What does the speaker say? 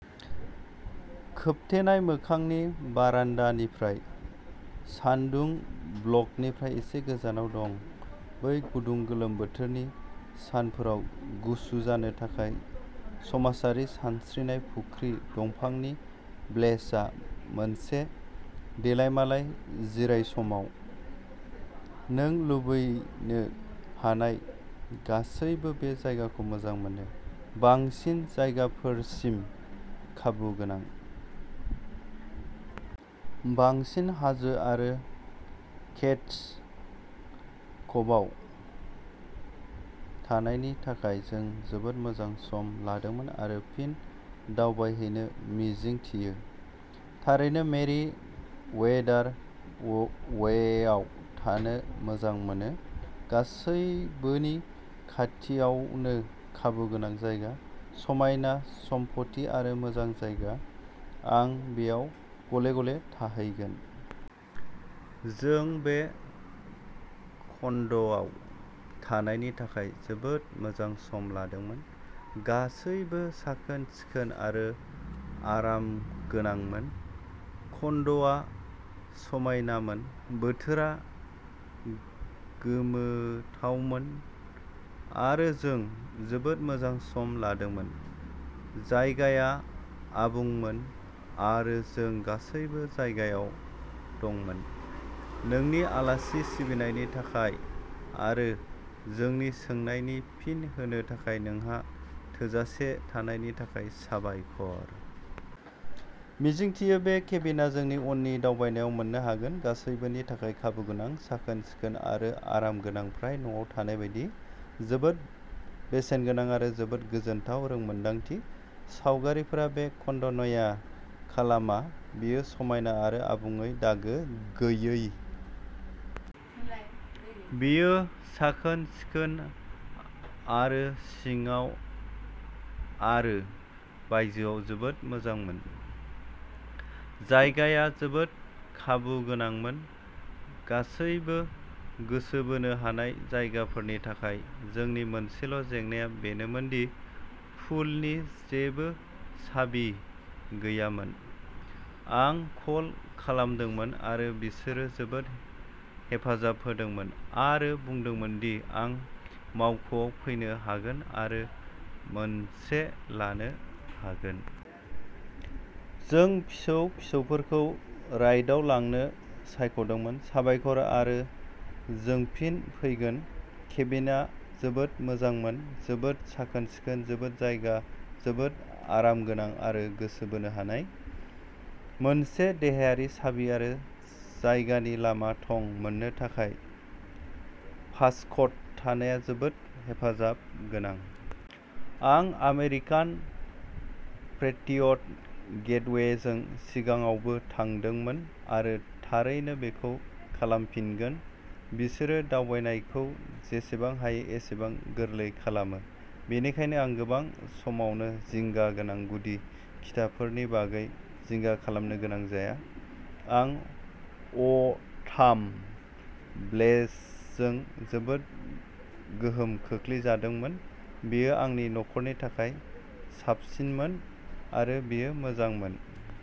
खोबथेनाय मोखांनि बारान्दानिफ्राय सानदुं ब्लकनिफ्राय एसे गोजानाव दं बै गुदुं गोलोम बोथोरनि सानफोराव गुसु जानो थाखाय समाजारि सानस्रिनाय फुख्रि दुफांनि ब्लेजआ मोनसे देलायमालाय जिरायसमाव नों लुबैनो हानाय गासैबो बे जायगाखौ मोजां मोनो। बांसिन जायगाफोरसिम खाबुगोनां। बांसिन हाजो आरो केड्स कभआव थानायनि थाखाय जों जोबोद मोजां सम लादोंमोन आरो फिन दावबायहैनो मिजिंथियो। थारैनो मेरि वेदार वेआव थानो मोजां मोनो। गासैबोनि खाथियावनो खाबुगोनां जायगा। समायना सम्पथि आरो मोजां जायगा। आं बेयाव गले-गले थाहैगोन। जों बे कन्ड'आव थानायनि थाखाय जोबोद मोजां सम लादोंमोन। गासैबो साखोन-सिखोन आरो आरामगोनांमोन। कन्ड'आ समायनामोन। बोथोरा गोमोथावमोन आरो जों जोबोद मोजां सम लादोंमोन। जायगाया आबुंमोन आरो जों गासैबो जायगायाव दंमोन। नोंनि आलासि सिबिनायनि थाखाय आरो जोंनि सोंनायनि फिन होनो थाखाय नोंहा थोजासे थानायनि थाखाय साबायखर। मिजिंथियो बे केबिनआ जोंनि उननि दावबायनायाव मोननो हागोन। गासैबोनि थाखाय खाबुगोनां। साखोन-सिखोन आरो आरामगोनां फ्राय न'आव थानाय बायदि। जोबोद बेसेनगोनां आरो जोबोद गोजोनथाव रोंमोनदांथि। सावगारिफोरा बे कन्ड'न्याय खालामा बेयो समायना आरो आबुङै दागो गैयै। बेयो साखोन-सिखोन आरो सिङाव आरो बायजोआव जोबोद मोजांमोन। जायगाया जोबोद खाबुगोनांमोन। गासैबो गोसो बोनो हानाय जायगाफोरनि थाखाय। जोंनि मोनसेल' जेंनाया बेनोमोन दि पुलनि जेबो साबि गैयामोन। आं कल खालामदोंमोन आरो बिसोरो जोबोद हेफाजाब होदोंमोन आरो बुंदोंमोन दि आं मावख'आव फैनो हागोन आरो मोनसे लानो हागोन। जों फिसौ-फिसौफोरखौ राइडआव लांनो सायख'दोंमोन। साबायखर आरो जों फिन फैगोन। केबिनआ जोबोद मोजांमोन। जोबोद साखोन-सिखोन मोजां जायगा जोबोद आरामगोनां आरो गोसो बोनो हानाय। मोनसे देहायारि साबि आरो जायगानि लामा थं मोननो थाखाय पासक'ड थानाया जोबोद हेफाजाब गोनां। आं आमेरिकान पेट्रियट गेटवेजों सिगाङावबो थादोंमोन आरो थारैनो बेखौ खालामफिनगोन। बिसोरो दावबायनायखौ जेसेबां हायो एसेबां गोरलै खालामो। बेनिखायनो आं गोबां समावनो जिंगा गोनां गुदि खिथाफोरनि बागै जिंगा खालामनो गोनां जाया। आं अटाम ब्लेजजों जोबोद गोहोम खोख्लैजादोंमोन। बेयो आंनि नखरनि थाखाय साबसिनमोन आरो बेयो मोजांमोन।